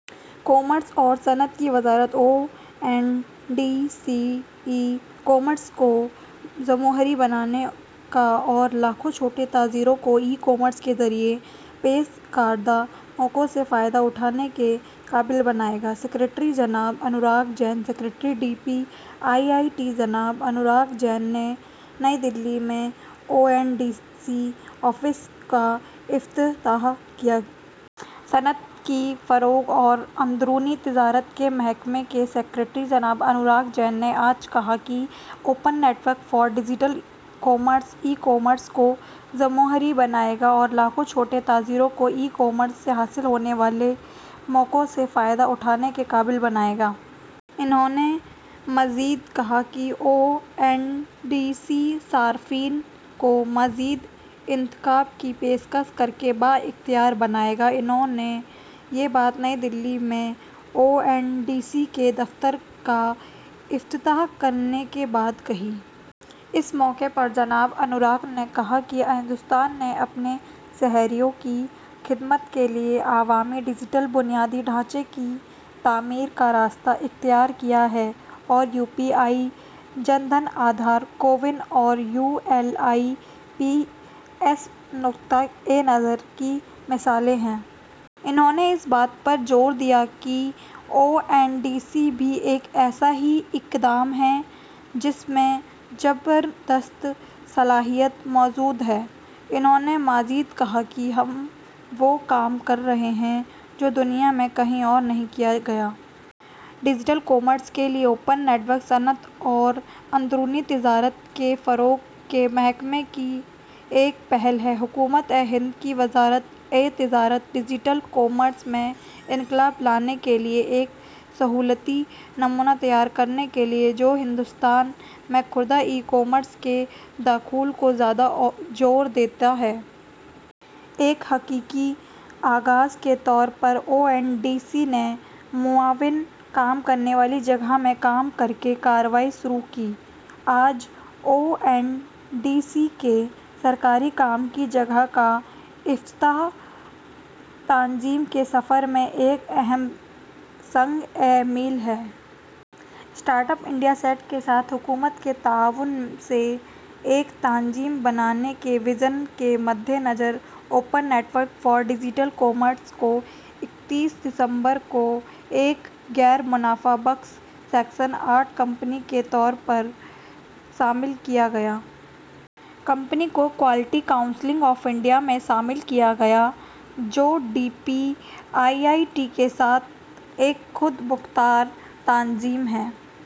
Commerce اور صنعت کی وزارت O N D C e commerce کو جمہوری بنائے گا اور لاکھوں چھوٹے تاجروں کو ای کامرس کے ذریعے پیش کردہ مواقع سے فائدہ اٹھانے کے قابل بنائے گا: سکریٹری جناب Anurag Jain secretary D P I I T, جناب انوراگ جین نے نئی دہلی میں O N D C office کا افتتاح کیا۔ صنعت کی فروغ اور اندرونی تجارت کے محکمہ کے سکریٹری، جناب انوراگ جین نے آج کہا کہ open network for digital commerce e commerce کو جمہوری بنائے گا اور لاکھوں چھوٹے تاجروں کو ای کامرس سے حاصل ہونے والے مواقع سے فائدہ اٹھانے کے قابل بنائے گا۔ انہوں نے مزید کہا کہ او این ڈی سی صارفین کو مزید انتخاب کی پیشکش کرکے بااختیار بنائے گا۔ انہوں نے یہ بات نئی دہلی میں او این ڈی سی کے دفتر کا افتتاح کرنے کے بعد کہی۔ اس موقع پر جناب انوراگ جین نے کہا کہ ہندوستان نے اپنے شہریوں کی خدمت کے لیے عوامی ڈیجیٹل بنیادی ڈھانچے کی تعمیر کا راستہ اختیار کیا ہے اور یو پی آئی، جن دھن، آدھار، کووِن اور یو ایل آئی پی اس نقطہ نظر کی مثالیں ہیں۔ انہوں نے اس بات پر زور دیا کہ او این ڈی سی بھی ایک ایسا ہی اقدام ہے جس میں زبردست صلاحیت موجود ہے۔ انہوں نے مزید کہا کہ ہم وہ کام کر رہے ہیں جو دنیا میں کہیں اور نہیں کیا گیا۔ ڈیجیٹل کامرس کے لیے اوپن نیٹ ورک، صنعت اور اندرونی تجارت کے فروغ کے محکمے کی ایک پہل ہے، حکومتِ ہند کی وزارتِ تجارت، ڈیجیٹل کامرس میں انقلاب لانے کے لیے ایک سہولتی نمونہ تیار کرنے کے لیے، جو ہندوستان میں خوردہ ای کامرس کے دخول کو زیادہ زور دیتا ہے۔ ایک حقیقی آغاز کے طور پر، او این ڈی سی نے معاون کام کرنے والی جگہ میں کام کرکے کارروائی شروع کی۔ آج، او این ڈی سی کے سرکاری کام کی جگہ کا افتتاح، تنظیم کے سفر میں ایک اہم سنگِ میل ہے۔ اسٹارٹ اپ مائنڈ سیٹ کے ساتھ حکومت کے تعاون سے ایک تنظیم بنانے کے وژن کے مدِنظر، ''open network for digital commerce'' کو اکتیس دسمبر کو ایک غیر منافع بخش، سیکشن آٹھ کمپنی کے طور پر شامل کیا گیا۔ کمپنی کو کوالٹی کونسل آف انڈیا میں شامل کیا گیا، جو D P I I T کے ساتھ ایک خود مختار تنظیم ہے۔